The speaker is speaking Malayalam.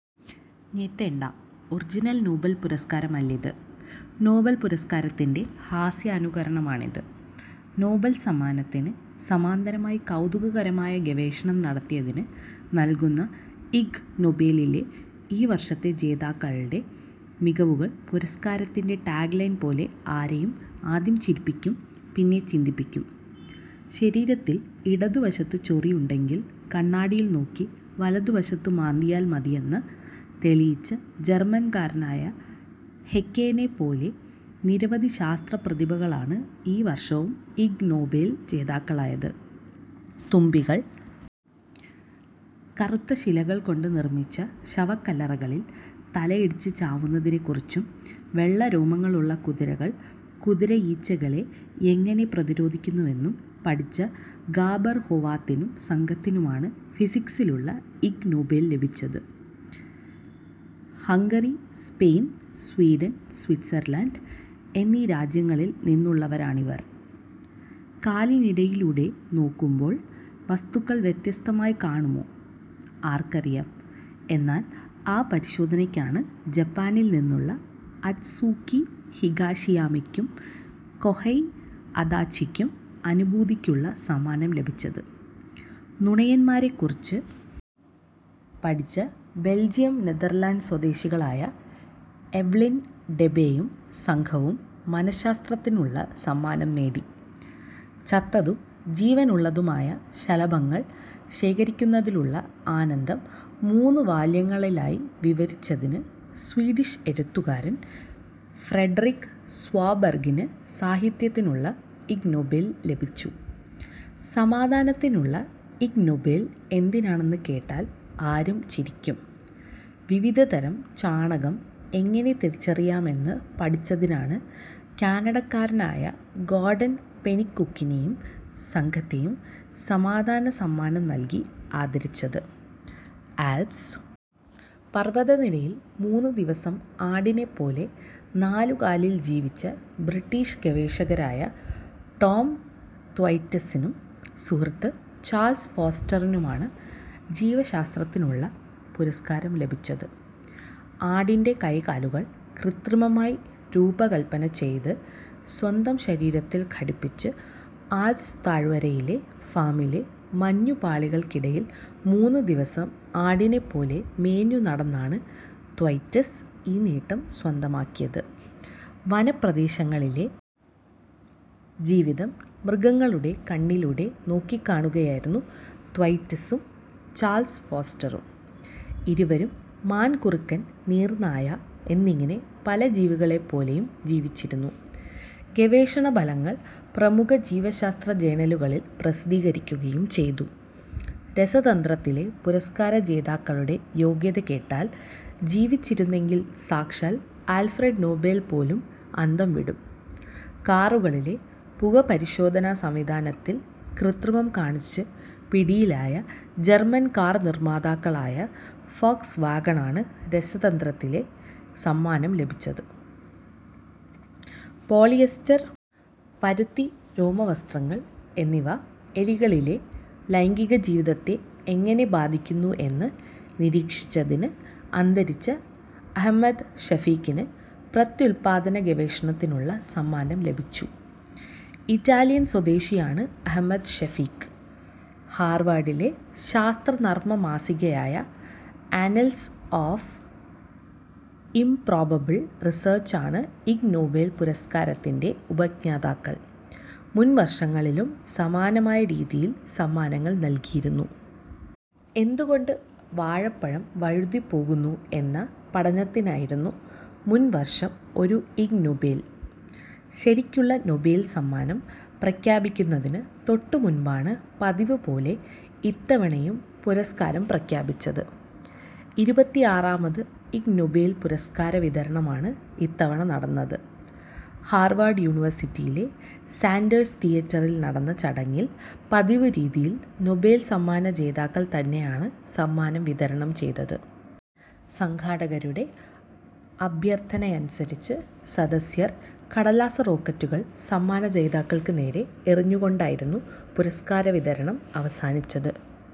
ഞെട്ടേണ്ട, ഒറിജിനൽ നൊബേൽ പുരസ്കാരമല്ലിത്. നൊബേൽ പുരസ്കാരത്തിന്റെ ഹാസ്യാനുകരണമാണിത്. നൊബേൽ സമ്മാനത്തിന് സമാന്തരമായി കൗതുകകരമായ ഗവേഷണം നടത്തിയതിന് നൽകുന്ന ഇഗ് നൊബേലിലെ ഈ വർഷത്തെ ജേതാക്കളുടെ മികവുകൾ പുരസ്കാരത്തിന്റെ ടാഗ് ലൈൻ പോലെ ആരെയും ആദ്യം ചിരിപ്പിക്കും പിന്നെ ചിന്തിപ്പിക്കും. ശരീരത്തിൽ ഇടതുവശത്ത് ചൊറിയുണ്ടെങ്കിൽ കണ്ണാടിയിൽ നോക്കി വലതുവശത്ത് മാന്തിയാൽ മതിയെന്ന് തെളിയിച്ച ജർമൻകാരനായ ഹെഖെനെപ്പോലെ നിരവധി ശാസ്ത്ര പ്രതിഭകളാണ് ഈ വർഷവും ഇഗ് നൊബേൽ ജേതാക്കളായത്. തുമ്പികൾ കറുത്ത ശിലകൾകൊണ്ട് നിർമിച്ച ശവക്കല്ലറകളിൽ തലയടിച്ച് ചാവുന്നതിനെക്കുറിച്ചും വെള്ളരോമങ്ങളുള്ള കുതിരകൾ കുതിരയീച്ചകളെ എങ്ങനെ പ്രതിരോധിക്കുന്നുവെന്നും പഠിച്ച ഗാബർ ഹോവാത്തിനും സംഘത്തിനുമാണ് ഫിസിക്സിലുള്ള ഇഗ് നൊബേൽ ലഭിച്ചത്. ഹംഗറി സ്പെയിൻ സ്വീഡൻ സ്വിറ്റ്സർലൻഡ് എന്നീ രാജ്യങ്ങളിൽ നിന്നുള്ളവരാണിവർ. കാലിനിടയിലൂടെ നോക്കുമ്പോൾ വസ്തുക്കൾ വ്യത്യസ്തമായി കാണുമോ. ആർക്കറിയാം. എന്നാൽ ആ പരിശോധനയ്ക്കാണ് ജപ്പാനിൽ നിന്നുള്ള അറ്റ്സുകി ഹിഗാശിയാമയ്ക്കും കൊഹൈ അദാച്ചിക്കും അനുഭൂതിക്കുള്ള സമ്മാനം ലഭിച്ചത്. നുണയന്മാരെക്കുറിച്ച് പഠിച്ച ബെൽജിയം നെതർലാൻഡ് സ്വദേശികളായ എവ്ലിൻ ഡെബേയും സംഘവും മനശ്ശാസ്ത്രത്തിനുള്ള സമ്മാനം നേടി. ചത്തതും ജീവനുള്ളതുമായ ശലഭങ്ങൾ ശേഖരിക്കുന്നതിലുള്ള ആനന്ദം മൂന്ന് വാല്യങ്ങളിലായി വിവരിച്ചതിന് സ്വീഡിഷ് എഴുത്തുകാരൻ ഫ്രെഡറിക് സ്വോബർഗിന് സാഹിത്യത്തിനുള്ള ഇഗ് നൊബേൽ ലഭിച്ചു. സമാധാനത്തിനുള്ള ഇഗ് നൊബേൽ എന്തിനാണെന്ന് കേട്ടാൽ ആരും ചിരിക്കും. വിവിധതരം ചാണകം എങ്ങനെ തിരിച്ചറിയാമെന്ന് പഠിച്ചതിനാണ് കാനഡക്കാരനായ ഗോർഡൻ പെനികുക്കിനെയും സംഘത്തെയും സമാധാന സമ്മാനം നൽകി ആദരിച്ചത്. ആൽപ്സ് പർവതനിരയിൽ മൂന്ന് ദിവസം ആടിനെപ്പോലെ നാലുകാലിൽ ജീവിച്ച ബ്രിട്ടിഷ് ഗവേഷകരായ ടോം ത്വൈറ്റ്സിനും സുഹൃത്ത് ചാൾസ് ഫോസ്റ്ററിനുമാണ് ജീവശാസ്ത്രത്തിനുള്ള പുരസ്കാരം ലഭിച്ചത്. ആടിന്റെ കൈകാലുകൾ കൃത്രിമമായി രൂപകൽപ്പന ചെയ്ത് സ്വന്തം ശരീരത്തിൽ ഘടിപ്പിച്ച് ആൽപ്സ് താഴ്വരയിലെ ഫാമിലെ മഞ്ഞുപാളികൾക്കിടയിൽ മൂന്ന് ദിവസം ആടിനെപ്പോലെ മേഞ്ഞുനടന്നാണ് ത്വൈറ്റ്സ് ഈ നേട്ടം സ്വന്തമാക്കിയത്. വനപ്രദേശങ്ങളിലെ ജീവിതം മൃഗങ്ങളുടെ കണ്ണിലൂടെ നോക്കിക്കാണുകയായിരുന്നു ത്വൈറ്റ്സും ചാൾസ് ഫോസ്റ്ററും. ഇരുവരും മാൻ കുറുക്കൻ നീർനായ എന്നിങ്ങനെ പല ജീവികളെപ്പോലെയും ജീവിച്ചിരുന്നു. ഗവേഷണഫലങ്ങൾ പ്രമുഖ ജീവശാസ്ത്ര ജേണലുകളിൽ പ്രസിദ്ധീകരിക്കുകയും ചെയ്തു. രസതന്ത്രത്തിലെ പുരസ്കാര ജേതാക്കളുടെ യോഗ്യത കേട്ടാൽ ജീവിച്ചിരുന്നെങ്കിൽ സാക്ഷാൽ ആൽഫ്രഡ് നൊബേൽ പോലും അന്തംവിടും. കാറുകളിലെ പുകപരിശോധനാ സംവിധാനത്തിൽ കൃത്രിമം കാണിച്ച് പിടിയിലായ ജർമൻ കാർ നിർമാതാക്കളായ ഫോക്സ് വാഗണാണ് രസതന്ത്രത്തിലെ സമ്മാനം ലഭിച്ചത്. പോളിയസ്റ്റർ പരുത്തി രോമവസ്ത്രങ്ങൾ എന്നിവ എലികളിലെ ലൈംഗികജീവിതത്തെ എങ്ങനെ ബാധിക്കുന്നു എന്ന് നിരീക്ഷിച്ചതിന് അന്തരിച്ച അഹ്മദ് ഷഫീഖിന് പ്രത്യുൽപാദന ഗവേഷണത്തിനുള്ള സമ്മാനം ലഭിച്ചു. ഇറ്റാലിയൻ സ്വദേശിയാണ് അഹ്മദ് ഷഫീഖ്. ഹാർവാർഡിലെ ശാസ്ത്രനർമ്മ മാസികയായ ആന്നൽസ് ഓഫ് ഇംപ്രോബബിൾ റിസർച്ചാണ് ഇഗ് നൊബേൽ പുരസ്കാരത്തിന്റെ ഉപജ്ഞാതാക്കൾ. മുൻവർഷങ്ങളിലും സമാനമായ രീതിയിൽ സമ്മാനങ്ങൾ നൽകിയിരുന്നു. എന്തുകൊണ്ട് വാഴപ്പഴം വഴുതിപ്പോകുന്നു എന്ന പഠനത്തിനായിരുന്നു മുൻവർഷം ഒരു ഇഗ് നൊബേൽ. ശരിക്കുള്ള നൊബേൽ സമ്മാനം പ്രഖ്യാപിക്കുന്നതിന് തൊട്ടുമുമ്പാണ് പതിവുപോലെ ഇത്തവണയും പുരസ്കാരം പ്രഖ്യാപിച്ചത്. ഇരുപത്തിയാറാമത് ഇഗ് നൊബേൽ പുരസ്കാര വിതരണമാണ് ഇത്തവണ നടന്നത്. ഹാർവാർഡ് യൂണിവേഴ്സിറ്റിയിലെ സാൻഡേഴ്സ് തിയേറ്ററിൽ നടന്ന ചടങ്ങിൽ പതിവുരീതിയിൽ നൊബേൽ സമ്മാന ജേതാക്കൾ തന്നെയാണ് സമ്മാനം വിതരണം ചെയ്തത്. സംഘാടകരുടെ അഭ്യർഥനയനുസരിച്ച് സദസ്യർ കടലാസ് റോക്കറ്റുകൾ സമ്മാന ജേതാക്കൾക്ക് നേരെ എറിഞ്ഞുകൊണ്ടായിരുന്നു പുരസ്കാര വിതരണം അവസാനിച്ചത്.